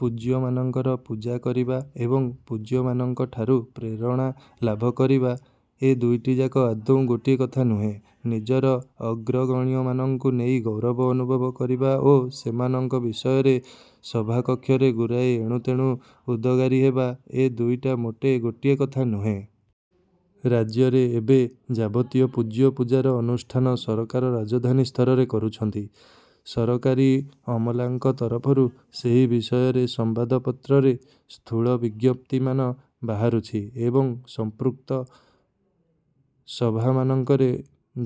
ପୂଜ୍ୟମାନଙ୍କର ପୂଜା କରିବା ଏବଂ ପୂଜ୍ୟମାନଙ୍କ ଠାରୁ ପ୍ରେରଣା ଲାଭ କରିବା, ଏ ଦୁଇଟିଯାକ ଆଦୌ ଗୋଟିଏ କଥା ନୁହେଁ। ନିଜର ଅଗ୍ରଗଣ୍ୟମାନଙ୍କୁ ନେଇ ଗୌରବ ଅନୁଭବ କରିବା ଓ ସେମାନଙ୍କ ବିଷୟରେ ସଭାକକ୍ଷରେ ଗୁରାଏ ଏଣୁ ତେଣୁ ଉଦଗାରି ହେବା, ଏ ଦୁଇଟା ମୋଟେ ଗୋଟିଏ କଥା ନୁହେଁ। ରାଜ୍ୟରେ ଏବେ ଯାବତୀୟ ପୂଜ୍ୟ ପୂଜାର ଅନୁଷ୍ଠାନ ସରକାର ରାଜଧାନୀ ସ୍ତରରେ କରୁଛନ୍ତି। ସରକାରୀ ଅମଲାଙ୍କ ତରଫରୁ ସେହି ବିଷୟରେ ସମ୍ବାଦପତ୍ରରେ ସ୍ଥୂଳ ବିଜ୍ଞପ୍ତିମାନ ବାହାରୁଛି। ଏବଂ ସମ୍ପୃକ୍ତ ସଭାମାନଙ୍କରେ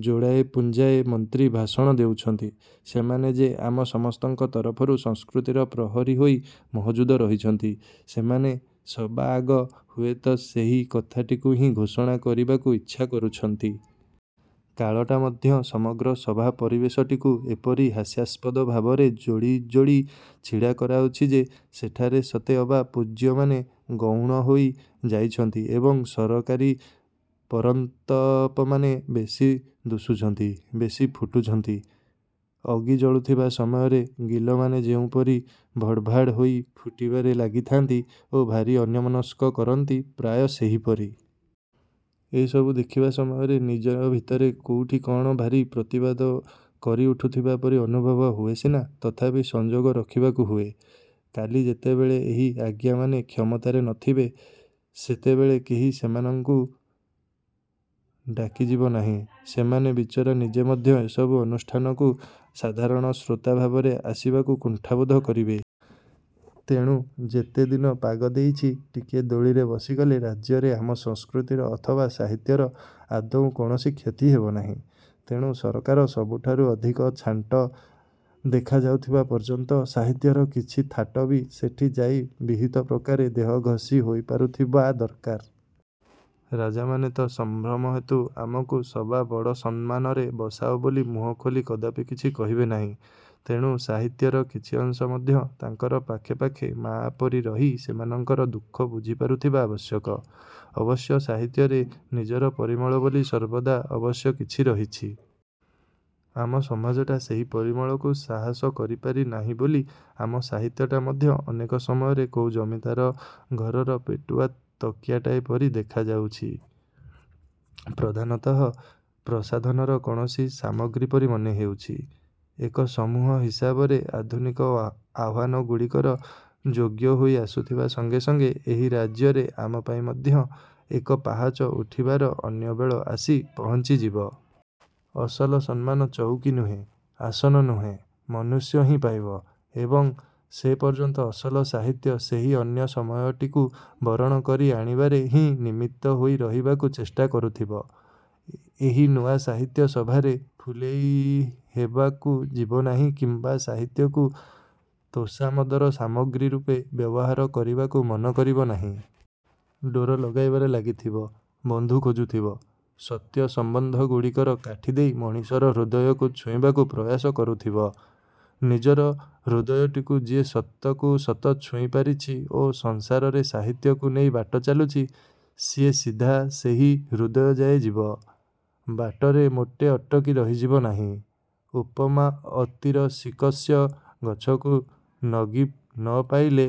ଯୋଡ଼ାଏ ପୁଞ୍ଜାଏ ମନ୍ତ୍ରୀ ଭାଷଣ ଦେଉଛନ୍ତି। ସେମାନେ ଯେ ଆମ ସମସ୍ତଙ୍କ ତରଫରୁ ସଂସ୍କୃତିର ପ୍ରହରୀ ହୋଇ ମହଜୁଦ ରହିଛନ୍ତି, ସେମାନେ ସବାଆଗ ହୁଏତ ସେହି କଥାଟିକୁ ହିଁ ଘୋଷଣା କରିବାକୁ ଇଚ୍ଛା କରୁଛନ୍ତି। କାଳଟା ମଧ୍ୟ ସମଗ୍ର ସଭା ପରିବେଶଟିକୁ ଏପରି ହାସ୍ୟାସ୍ପଦ ଭାବରେ ଯୋଡ଼ି ଯୋଡ଼ି ଛିଡ଼ା କରାଉଛି ଯେ, ସେଠାରେ ସତେ ଅବା ପୂଜ୍ୟମାନେ ଗୌଣ ହୋଇ ଯାଉଛନ୍ତି ଏବଂ ସରକାରୀ ପରଂତପମାନେ ବେଶୀ ଦୁଶୁଛନ୍ତି, ବେଶୀ ଫୁଟୁଛନ୍ତି। ଅଗି ଜଳୁଥିବା ସମୟରେ ଗିଲମାନେ ଯେଉଁପରି ଭଡ଼ଭାଡ଼ ହୋଇ ଫୁଟିବାରେ ଲାଗିଥାନ୍ତି ଓ ଭାରି ଅନ୍ୟମନସ୍କ କରନ୍ତି ପ୍ରାୟ ସେହିପରି। ଏସବୁ ଦେଖିବା ସମୟରେ ନିଜ ଭିତରେ କୋଉଠି କଣ ଭାରି ପ୍ରତିବାଦ କରି ଉଠୁଥିବା ପରି ଅନୁଭବ ହୁଏ ସିନା ତଥାପି ସଂଯୋଗ ରଖିବାକୁ ହୁଏ। କାଲି ଯେତେବେଳେ ଏହି ଆଜ୍ଞାମାନେ କ୍ଷମତାରେ ନଥିବେ, ସେତେବେଳେ କେହି ସେମାନଙ୍କୁ ଡାକିଯିବ ନାହିଁ, ସେମାନେ ବିଚରା ନିଜେ ମଧ୍ୟ ଏସବୁ ଅନୁଷ୍ଠାନକୁ ସାଧାରଣ ଶ୍ରୋତା ଭାବରେ ଆସିବାକୁ କୁଣ୍ଠାବୋଧ କରିବେ। ତେଣୁ ଯେତେଦିନ ପାଗ ଦେଇଛି, ଟିକିଏ ଦୋଳିରେ ବସିଗଲେ ରାଜ୍ୟରେ ଆମ ସଂସ୍କୃତିର ଅଥବା ସାହିତ୍ୟର ଆଦୌ କୌଣସି କ୍ଷତି ହେବନାହିଁ। ତେଣୁ ସରକାର ସବୁଠାରୁ ଅଧିକ ଛାଣ୍ଟ ଦେଖାଯାଉଥିବା ପର୍ଯ୍ୟନ୍ତ ସାହିତ୍ୟର କିଛି ଥାଟ ବି ସେଠି ଯାଇ ବିହିତ ପ୍ରକାରେ ଦେହ ଘଷି ହୋଇ ପାରୁଥିବା ଦରକାର। ରାଜାମାନେ ତ ସମ୍ଭ୍ରମ ହେତୁ ଆମକୁ ସବା ବଡ଼ ସମ୍ମାନରେ ବସାଅ ବୋଲି ମୁହଁ ଖୋଲି କଦାପି କିଛି କହିବେ ନାହିଁ, ତେଣୁ ସାହିତ୍ୟର କିଛି ଅଂଶ ମଧ୍ୟ ତାଙ୍କର ପାଖେ ପାଖେ ମାଆ ପରି ରହି ସେମାନଙ୍କର ଦୁଃଖ ବୁଝିପାରୁଥିବା ଆବଶ୍ୟକ। ଅବଶ୍ୟ ସାହିତ୍ୟରେ ନିଜର ପରିମଳ ବୋଲି ସର୍ବଦା ଅବଶ୍ୟ କିଛି ରହିଛି। ଆମ ସମାଜଟା ସେହି ପରିମଳକୁ ସାହସ କରିପାରି ନାହିଁ ବୋଲି ଆମ ସାହିତ୍ୟଟା ମଧ୍ୟ ଅନେକ ସମୟରେ କୋଉ ଜମିଦାର ଘରର ପେଟୁଆ ତକିଆଟାଏ ପରି ଦେଖାଯାଉଛି। ପ୍ରଧାନତଃ ପ୍ରସାଧନର କୌଣସି ସାମଗ୍ରୀ ପରି ମନେହେଉଛି। ଏକ ସମୂହ ହିସାବରେ ଆଧୁନିକ ଆହ୍ୱାନଗୁଡ଼ିକର ଯୋଗ୍ୟ ହୋଇ ଆସୁଥିବା ସଂଗେ ସଂଗେ ଏହି ରାଜ୍ୟରେ ଆମ ପାଇଁ ମଧ୍ୟ ଏକ ପାହାଚ ଉଠିବାର ଅନ୍ୟ ବେଳ ଆସି ପହଞ୍ଚିଯିବ। ଅସଲ ସମ୍ମାନ ଚଉକି ନୁହେଁ, ଆସନ ନୁହେଁ, ମନୁଷ୍ୟ ହିଁ ପାଇବ। ଏବଂ ସେ ପର୍ଯ୍ୟନ୍ତ ଅସଲ ସାହିତ୍ୟ ସେହି ଅନ୍ୟ ସମୟଟିକୁ ବରଣ କରି ଆଣିବାରେ ହିଁ ନିମିତ୍ତ ହୋଇ ରହିବାକୁ ଚେଷ୍ଟା କରୁଥିବ। ଏହି ନୂଆ ସାହିତ୍ୟ ସଭାରେ ଫୁଲେଇ ହେବାକୁ ଯିବନାହିଁ କିମ୍ବା ସାହିତ୍ୟକୁ ତୋଷାମଦର ସାମଗ୍ରୀ ରୂପେ ବ୍ୟବହାର କରିବାକୁ ମନ କରିବ ନାହିଁ। ଡୋର ଲଗାଇବାରେ ଲାଗିଥିବ, ବନ୍ଧୁ ଖୋଜୁଥିବ, ସତ୍ୟ ସମ୍ବନ୍ଧ ଗୁଡ଼ିକର କାଠି ଦେଇ ମଣିଷର ହୃଦୟକୁ ଛୁଇଁବାକୁ ପ୍ରୟାସ କରୁଥିବ। ନିଜର ହୃଦୟଟିକୁ ଯିଏ ସତକୁ ସତ ଛୁଇଁପାରିଛି ଓ ସଂସାରରେ ସାହିତ୍ୟକୁ ନେଇ ବାଟ ଚାଲୁଛି, ସିଏ ସିଧା ସେହି ହୃଦୟ ଯାଏ ଯିବ। ବାଟରେ ମୋଟେ ଅଟକି ରହିଯିବ ନାହିଁ । ଉପମା ଅତିରସିକସ୍ୟ ଗଛକୁ ନଗି ନପାଇଲେ